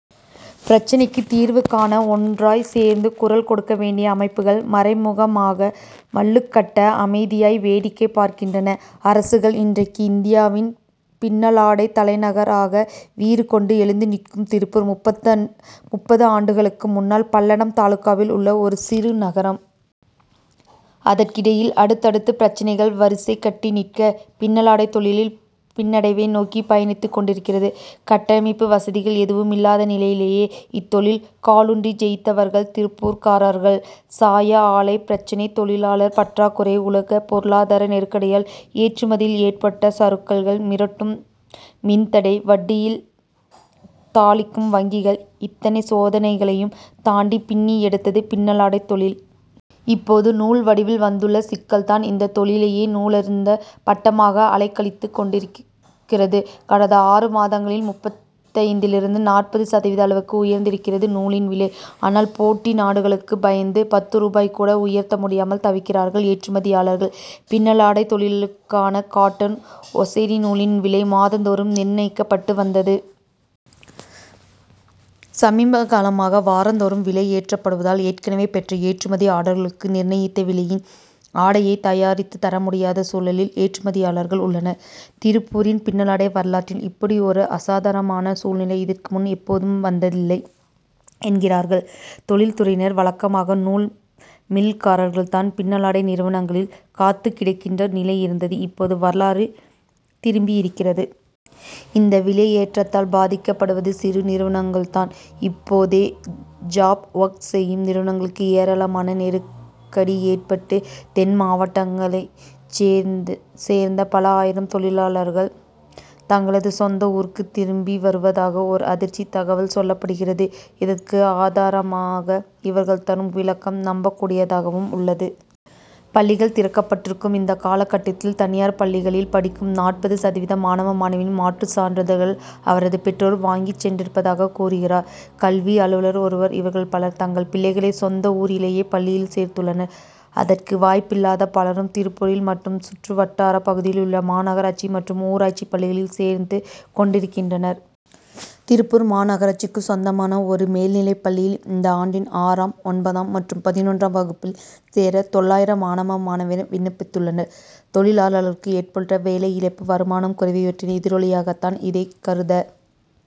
பிரச்னைக்கு தீர்வு காண, ஒன்றாய்ச் சேர்ந்து குரல் கொடுக்க வேண்டிய அமைப்புகள், மறைமுகமாக மல்லுக்கட்ட, அமைதியாய் வேடிக்கை பார்க்கின்றன அரசுகள். இன்றைக்கு இந்தியாவின் பின்னலாடைத் தலைநகராக வீறு கொண்டு எழுந்து நிற்கும் திருப்பூர், முப்பது ஆண்டுகளுக்கு முன்னால் பல்லடம் தாலுகாவில் உள்ள ஒரு சிறு நகரம். அதற்கிடையில், அடுத்தடுத்து பிரச்னைகள் வரிசை கட்டி நிற்க, பின்னலாடைத் தொழில் பின்னடைவை நோக்கி பயணித்துக் கொண்டிருக்கிறது. கட்டமைப்பு வசதிகள் எதுவும் இல்லாத நிலையிலேயே, இத்தொழிலில் காலூன்றி ஜெயித்தவர்கள் திருப்பூர்காரர்கள். சாய ஆலைப் பிரச்னை, தொழிலாளர் பற்றாக்குறை, உலக பொருளாதார நெருக்கடியால் ஏற்றுமதியில் ஏற்பட்ட சறுக்கல், மிரட்டும் மின் தடை, வட்டியில் தாளிக்கும் வங்கிகள்இத்தனை சோதனைகளையும் தாண்டி, பின்னி எடுத்தது பின்னலாடைத் தொழில். இப்போது நூல் வடிவில் வந்துள்ள சிக்கல்தான், இந்த தொழிலையே நூலறுந்த பட்டமாக அலைக்கழித்துக் கொண்டிருக்கிறது. கடந்த ஆறு மாதங்களில் முப்பத்தைந்திலிருந்து நாற்பது சதவீத அளவுக்கு உயர்ந்திருக்கிறது நூல் விலை. ஆனால், போட்டி நாடுகளுக்குப் பயந்து, பத்து ரூபாயைக் கூட உயர்த்த முடியாமல் தவிக்கிறார்கள் ஏற்றுமதியாளர்கள். பின்னலாடைத் தொழிலுக்கான காட்டன் ஒசைரி நூலின் விலை, மாதந்தோறும் நிர்ணயிக்கப்பட்டு வந்தது. சமீபகாலமாக, வாரந்தோறும் விலை ஏற்றப்படுவதால், ஏற்கனவே பெற்ற ஏற்றுமதி ஆர்டர்களுக்கு, நிர்ணயித்த விலையில், ஆடையைத் தயாரித்துத் தர முடியாத சூழலில் ஏற்றுமதியாளர்கள் உள்ளனர். திருப்பூரின் பின்னலாடை வரலாற்றில், இப்படியொரு அசாதாரணமான சூழ்நிலை, இதற்கு முன் எப்போதுமே வந்ததில்லை என்கிறார்கள் தொழில்துறையினர். வழக்கமாக, நூல் மில்காரர்கள்தான், பின்னலாடை நிறுவனங்களில் காத்துக் கிடக்கின்ற நிலை இருந்தது; இப்போது வரலாறு திரும்பியிருக்கிறது. இந்த விலையேற்றத்தால், பாதிக்கப்படுவது சிறு நிறுவனங்கள்தான். இப்போதே ஜாப் ஒர்க் செய்யும் நிறுவனங்களுக்கு ஏராளமான நெருக்கடி ஏற்பட்டு, தென் மாவட்டங்களைச் சேர்ந்த பல ஆயிரம் தொழிலாளர்கள், தங்களது சொந்த ஊர்களுக்குத் திரும்பி வருவதாக ஓர் அதிர்ச்சித் தகவல் சொல்லப்படுகிறது. இதற்கு ஆதாரமாக இவர்கள் தரும் விளக்கம், நம்பக் கூடியதாகவும் உள்ளது. பள்ளிகள் திறக்கப்பட்டிருக்கும் இந்த காலகட்டத்தில், தனியார் பள்ளிகளில் படிக்கும் நாற்பது சதவீத மாணவ, மாணவியரின் மாற்று சான்றிதழ்களை அவர்களது பெற்றோர் வாங்கிச் சென்றிருப்பதாகக் கூறுகிறார் கல்வி அலுவலர் ஒருவர். இவர்களில் பலர், தங்கள் பிள்ளைகளை சொந்த ஊரிலேயே பள்ளியில் சேர்த்துள்ளனர். அதற்கு வாய்ப்பில்லாத பலரும், திருப்பூர் மற்றும் சுற்று வட்டாரப் பகுதிகளில் உள்ள மாநகராட்சி மற்றும் ஊராட்சிப் பள்ளிகளில் சேர்த்துக் கொண்டிருக்கின்றனர். திருப்பூர் மாநகராட்சிக்குச் சொந்தமான ஒரு மேல்நிலைப்பள்ளியில், இந்த ஆண்டில் ஆறாம், ஒன்பதாம் மற்றும் பதினொன்றாம் வகுப்புகளில் சேர தொள்ளாயிரம் மாணவ, மாணவியர் விண்ணப்பித்துள்ளனர். தொழிலாளர்களுக்கு ஏற்பட்டுள்ள வேலை இழப்பு, வருமானம் குறைவு இவற்றின் எதிரொலியாகத்தான் இதைக் கருத